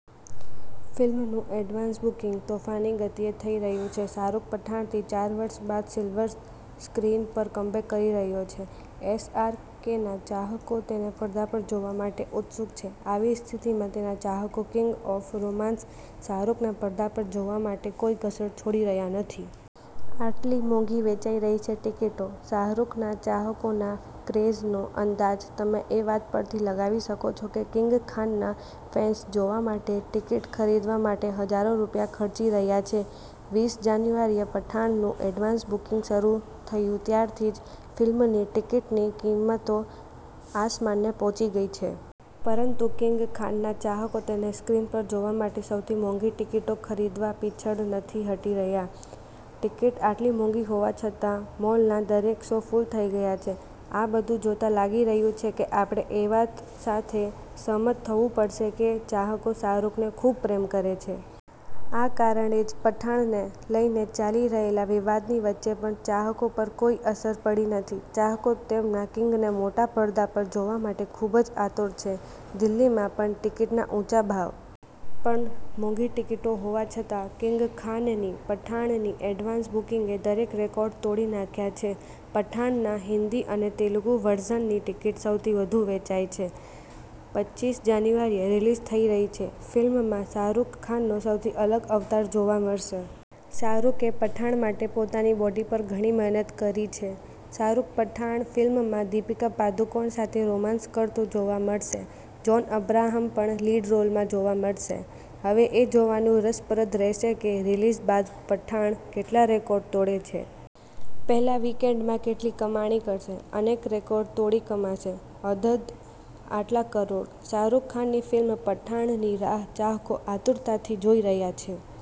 ફિલ્મનું advance booking તોફાની ગતિએ થઇ રહ્યું છે. શાહરૂખ પઠાણથી ચાર વર્ષ બાદ સિલ્વર સ્ક્રીન પર કમબેક કરી રહ્યો છે. એસ આર કેના ચાહકો તેને પડદા પર જોવા માટે ઉત્સુક છે. આવી સ્થિતિમાં તેના ચાહકો કિંગ ઓફ રોમાન્સ શાહરૂખને પડદા પર જોવા માટે કોઈ કસર છોડી રહ્યા નથી. આટલી મોંઘી વેચાઈ રહી છે ટિકિટો શાહરૂખના ચાહકોના ક્રેઝનો અંદાજ તમે એ વાત પરથી લગાવી શકો છો કે કિંગ ખાનના ફેન્સ જોવા માટે ટિકિટ ખરીદવા માટે હજારો રૂપિયા ખર્ચી રહ્યા છે.વીસ જાન્યુઆરીએ પઠાણનું એડવાન્સ બુકિંગ શરૂ થયું ત્યારથી જ ફિલ્મની ટિકિટની કિંમતો આસમાને પહોંચી ગઈ છે. પરંતુ કિંગ ખાનના ચાહકો તેને સ્ક્રીન પર જોવા માટે સૌથી મોંઘી ટિકિટો ખરીદવા પીછડ નથી હટી રહ્યા. ટિકિટ આટલી મોંઘી હોવા છતાં મોલના દરેક શો ફુલ થઈ ગયા છે. આ બધું જોતા લાગી રહ્યું છે કે, આપણે એ વાત સાથે સહમત થવું પડશે કે ચાહકો શાહરૂખને ખુબ પ્રેમ કરે છે. આ કારણે જ પઠાણને લઈને ચાલી રહેલા વિવાદની વચ્ચે પણ ચાહકો પર કોઈ અસર પડી નથી. ચાહકો તેમના કિંગને મોટા પડદા પર જોવા માટે ખુબ જ આતુર છે. દિલ્હીમાં પણ ટિકિટના ઊંચા ભાવ! પણ મોંઘી ટિકિટો હોવા છતાં કિંગખાનની પઠાણની એડવાન્સ બુકિંગે દરેક રેકોર્ડ તોડી નાખ્યા છે. 'પઠાણ'ના હિન્દી અને તેલુગુ વર્ઝનની ટિકિટ સૌથી વધુ વેચાઈ છે. પચીસ જાન્યુઆરીએ રિલીઝ થઈ રહી છે. ફિલ્મમાં શાહરૂખ ખાનનો સૌથી અલગ અવતાર જોવા મળશે. શાહરુખે પઠાણ માટે પોતાની બોડી પર ઘણી મહેનત કરી છે. શાહરૂખ પઠાણ ફિલ્મમાં દીપિકા પાદુકોણ સાથે રોમાન્સ કરતો જોવા મળશે. જોન અબ્રાહમ પણ લીડ રોલમાં જોવા મળશે. હવે એ જોવાનું રસપ્રદ રહેશે કે રિલીઝ બાદ પઠાણ કેટલા રેકોર્ડ તોડે છે. પહેલા વિકેન્ડમાં કેટલી કમાણી કરશે? અનેક રેકોર્ડ તોડી કમાશે અધધ આટલા કરોડ: શાહરૂખ ખાનની ફિલ્મ 'પઠાણ' ની રાહ ચાહકો આતુરતાથી જોઈ રહ્યા છે.